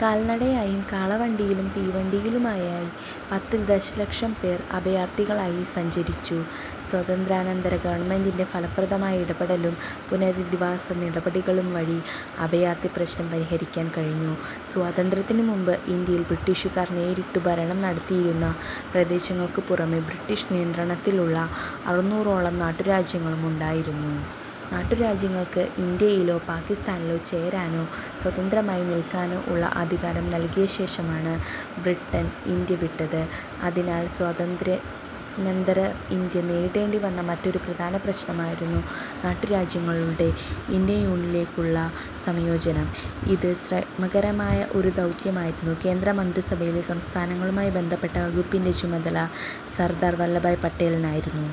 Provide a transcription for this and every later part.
കാൽനടയായും കാളവണ്ടിയിലും തീവണ്ടിയിലുമായി പത്ത് ദശലക്ഷം പേർ അഭയാർഥികളായി സഞ്ചരിച്ചു. സ്വാതന്ത്ര്യാനന്തര ഗവൺമെന്റിന്റെ ഫലപ്രദമായ ഇടപെടലും പുനരധിവാസ നടപടികളും വഴി അഭയാർഥി പ്രശ്നം പരിഹരിക്കാൻ കഴിഞ്ഞു. സ്വാതന്ത്ര്യത്തിനു മുമ്പ് ഇന്ത്യയിൽ ബ്രിട്ടീഷുകാർ നേരിട്ടു ഭരണം നടത്തിയിരുന്ന പ്രദേശങ്ങൾക്കു പുറമെ ബ്രിട്ടീഷ് നിയന്ത്രണത്തിലുള്ള അറുനൂറോളം നാട്ടുരാജ്യങ്ങളും ഉണ്ടായിരുന്നു. നാട്ടുരാജ്യങ്ങൾക്ക് ഇന്ത്യയിലോ പാകിസ്ഥാനിലോ ചേരാനോ സ്വതന്ത്രമായി നിൽക്കാനോ ഉള്ള അധികാരം നൽകിയ ശേഷമാണ് ബ്രിട്ടൻ ഇന്ത്യ വിട്ടത്. അതിനാൽ സ്വാതന്ത്ര്യാനന്തര ഇന്ത്യ നേരിടേണ്ടിവന്ന മറ്റൊരു പ്രധാന പ്രശ്നമായിരുന്നു നാട്ടുരാജ്യങ്ങളുടെ ഇന്ത്യൻ യൂണിയനിലേക്കുള്ള സംയോജനം. ഇത് ശ്രമകരമായ ഒരു ദൗത്യമായിരുന്നു. കേന്ദ്ര മന്ത്രിസഭയിലെ സംസ്ഥാനങ്ങളുമായി ബന്ധപ്പെട്ട വകുപ്പിന്റെ ചുമതല സർദാർ വല്ലഭ്ഭായ് പട്ടേലിനായിരുന്നു.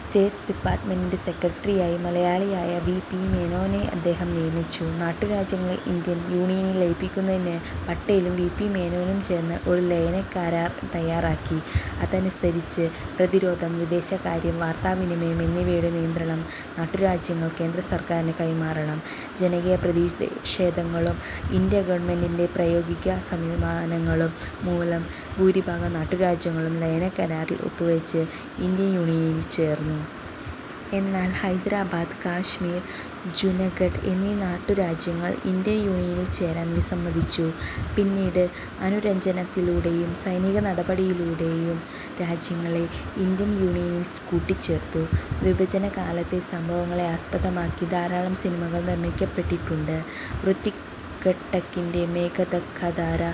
സ്റ്റേറ്റ്സ് ഡിപാർട്ട്മെന്റിന്റെ സെക്രട്ടറിയായി മലയാളിയായ വി. പി. മേനോനെ അദ്ദേഹം നിയമിച്ചു. നാട്ടുരാജ്യങ്ങളെ ഇന്ത്യൻ യൂണിയനിൽ ലയിപ്പിക്കുന്നതിന് പട്ടേലും വി. പി മേനോനും ചേർന്ന് ഒരു ലയനക്കരാർ തയാറാക്കി. അതനുസരിച്ച് പ്രതിരോധം, വിദേശകാര്യം, വാർത്താവിനിമയം എന്നിവയുടെ നിയന്ത്രണം നാട്ടുരാജ്യങ്ങൾ കേന്ദ്രസർക്കാരിന് കൈമാറണം. ജനകീയ പ്രതിഷേധങ്ങളും ഇന്ത്യാ ഗവൺമെന്റിന്റെ പ്രായോഗികസമീപനങ്ങളും മൂലം ഭൂരിഭാഗം നാട്ടുരാജ്യങ്ങളും ലയനക്കരാറിൽ ഒപ്പുവച്ച് ഇന്ത്യൻ യൂണിയനിൽ ചേർന്നു. എന്നാൽ ഹൈദരാബാദ്, കാശ്മീർ, ജുനഗഡ് എന്നീ നാട്ടുരാജ്യങ്ങൾ ഇന്ത്യൻ യൂണിയനിൽ ചേരാൻ വിസമ്മതിച്ചു. പിന്നീട് അനുരഞ്ജനത്തിലൂടെയും സൈനിക നടപടിയിലൂടെയും രാജ്യങ്ങളെ ഇന്ത്യൻ യൂണിയനിൽ കൂട്ടിച്ചേർത്തു. വിഭജനകാലത്തെ സംഭവങ്ങളെ ആസ്പദമാക്കി ധാരാളം സിനിമകൾ നിർമിക്കപ്പെട്ടിട്ടുണ്ട്. ഋത്വിക് ഘട്ടക്കിന്റെ "മേഘ ധാക്കധാര',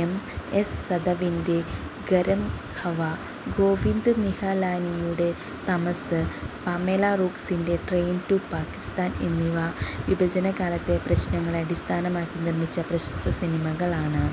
എം. എസ്. സതവിന്റെ "ഗരംഹവ', ഗോവിന്ദ് നിഹലാനിയുടെ തമസ്സ്', പമേല റൂക്ക്സിന്റെ "ട്രെയിൻ ടു പാകിസ്ഥാൻ' എന്നിവ വിഭജനകാലത്തെ പ്രശ്നങ്ങളെ അടിസ്ഥാനമാക്കി നിർമിച്ച പ്രശസ്ത സിനിമകളാണ്.